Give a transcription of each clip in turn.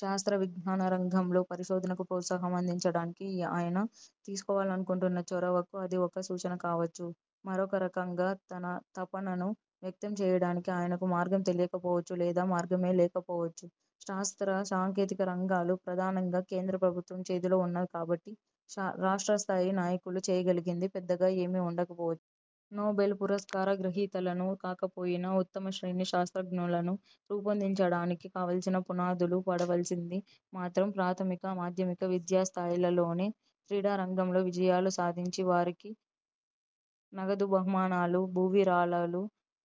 శాస్త్ర విజ్ఞానరంగంలో పరిశోధనకు ప్రోత్సాహం అందించడానికి ఆయన తీసుకోవాలనుకుంటున్న చొరవకు అది ఒక సూచన కావచ్చు. మరొకరకంగా తన తపనను వ్యక్తం చేయడానికి ఆయనకు మార్గం తెలియకపోవచ్చు. లేదా మార్గమే లేకపోవచ్చు. శాస్త్ర, సాంకేతిక రంగాలు ప్రధానంగా కేంద్ర ప్రభుత్వం చేతిలో ఉన్నవి కాబట్టి, రాష్ట్రస్థాయి నాయకులు చేయగలిగింది పెద్దగా ఏమీ ఉండకపోవచ్చు. నోబెల్ పురస్కార గ్రహీతలను కాకపోయినా, ఉత్తమశ్రేణి శాస్త్రజ్ఞులను రూపొందించడానికి కావలసిన పునాదులు పడవలసింది మాత్రం ప్రాథమిక, మాధ్యమిక విద్యాస్థాయిలలోనే. క్రీడారంగంలో విజయాలు సాధించిన వారికి నగదు బహుమానాలు, భూవిరాళాలు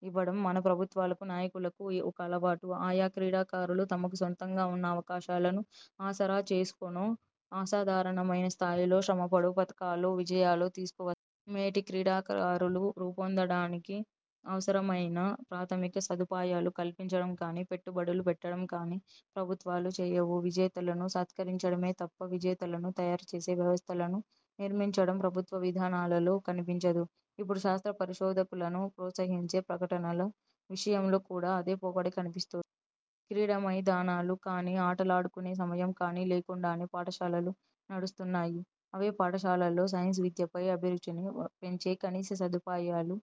ఇవ్వడం మన ప్రభుత్వాలకు, నాయకులకు ఒక అలవాటు. ఆయా క్రీడాకారులు తమకు సొంతంగా ఉన్న అవకాశాలను ఆసరా చేసుకునో, అసాధారణమైన స్థాయిలో శ్రమపడో- పతకాలో, విజయాలో తీసుకువస్తారు. మేటి క్రీడాకారులు రూపొందడానికి అవసరమైన ప్రాథమిక సదుపాయాలు కల్పించడం కానీ, పెట్టుబడులు పెట్టడం కానీ ప్రభుత్వాలు చేయవు. విజేతలను సత్కరించడమే తప్ప, విజేతలను తయారుచేసే వ్యవస్థలను నిర్మించడం ప్రభుత్వ విధానాలలో కనిపించదు. ఇప్పుడు శాస్త్ర పరిశోధకులను ప్రోత్సహించే ప్రకటనల విషయంలో కూడా అదే పోకడ కనిపిస్తోంది. క్రీడామైదానాలు కానీ, ఆటలాడుకునే సమయం కానీ లేకుండానే పాఠశాలలు నడుస్తున్నాయి. అవే పాఠశాలల్లో సైన్స్ విద్యపై అభిరుచిని పెంచే కనీస సదుపాయాలు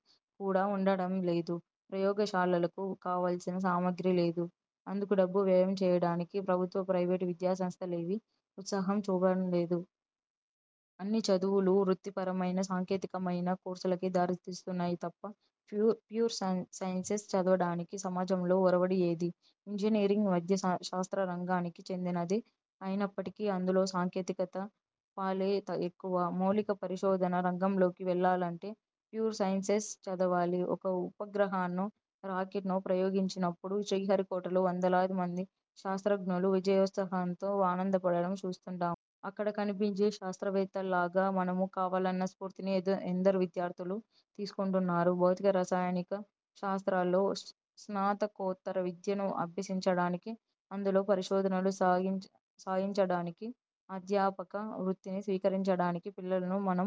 కూడా ఉండడం లేదు. ప్రయోగశాలలకు కావలసిన సామగ్రి లేదు, అందుకు డబ్బు వ్యయం చేయడానికి ప్రభుత్వ, ప్రైవేటు విద్యాసంస్థలేవీ ఉత్సాహం చూపడం లేదు. అన్ని చదువులూ వృత్తిపరమైన, సాంకేతికమైన కోర్సులకే దారితీస్తున్నాయి తప్ప, ప్యూర్ సైన్సెస్ చదవడానికి సమాజంలో ఒరవడి ఏదీ? ఇంజనీరింగ్ విద్య శాస్త్రరంగానికి చెందినదే అయినప్పటికీ, అందులో సాంకేతికత పాలే ఎక్కువ. మౌలిక పరిశోధన రంగంలోకి వెళ్లాలంటే, ప్యూర్ సైన్సెస్ చదవాలి. ఒక ఉపగ్రహాన్నో, రాకెట్నో ప్రయోగించినప్పుడు శ్రీహరి కోటలో వందలాది మంది శాస్త్రజ్ఞులు విజయోత్సాహంతో ఆనందపడడం చూస్తుంటాము. అక్కడ కనిపించే శాస్త్రవేత్తల్లాగా మనమూ కావాలన్న స్ఫూర్తిని ఎందరు విద్యార్థులు తీసుకుంటున్నారు? భౌతిక రసాయనిక శాస్త్రాల్లో స్నాతకోత్తర విద్యను అభ్యసించడానికి, అందులో పరిశోధనలు సాగించడానికి, అధ్యాపక వృత్తిని స్వీకరించడానికి పిల్లలను మనం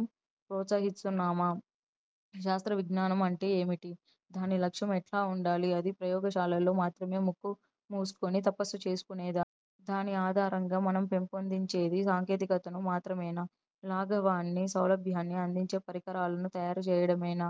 ప్రోత్సహిస్తున్నామా? శాస్త్రవిజ్ఞానం అంటే ఏమిటి? దాని లక్ష్యం ఎట్లా ఉండాలి? అది ప్రయోగశాలల్లో మాత్రమే ముక్కు మూసుకుని తపస్సు చేసుకునేదా? దాని ఆధారంగా మనం పెంపొందించేది సాంకేతికతను మాత్రమేనా? లాఘవాన్ని, సౌలభ్యాన్ని అందించే పరికరాలను తయారుచేయడమేనా?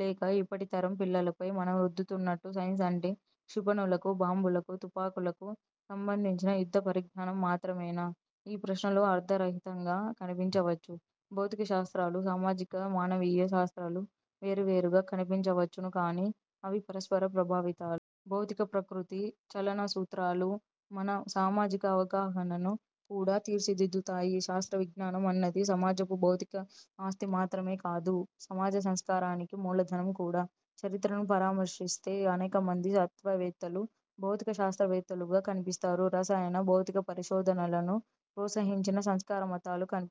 లేక, ఇప్పటి తరం పిల్లలపై మనం రుద్దుతున్నట్టు, సైన్స్ అంటే క్షిపణులకు, బాంబులకు, తుపాకులకు సంబంధించిన యుద్ధ పరిజ్ఞానం మాత్రమేనా? ఈ ప్రశ్నలు అర్థరహితంగా కనిపించవచ్చు. భౌతిక శాస్త్రాలు, సామాజిక మానవీయ శాస్త్రాలూ వేరువేరుగా కనిపించవచ్చును కానీ, అవి పరస్పర ప్రభావితాలు. భౌతిక ప్రకృతి, చలన సూత్రాలు మన సామాజిక అవగాహనను కూడా తీర్చిదిద్దుతాయి. శాస్త్రవిజ్ఞానం అన్నది సమాజపు భౌతిక ఆస్తి మాత్రమే కాదు, సమాజ సంస్కారానికి మూలధనం కూడా. చరిత్రను పరామర్శిస్తే, అనేకమంది తత్వవేత్తలు భౌతిక శాస్త్రవేత్తలుగా కనిపిస్తారు, రసాయన, భౌతిక పరిశోధనలను ప్రోత్సహించిన సంస్కార మతాలు కనిపిస్తాయి.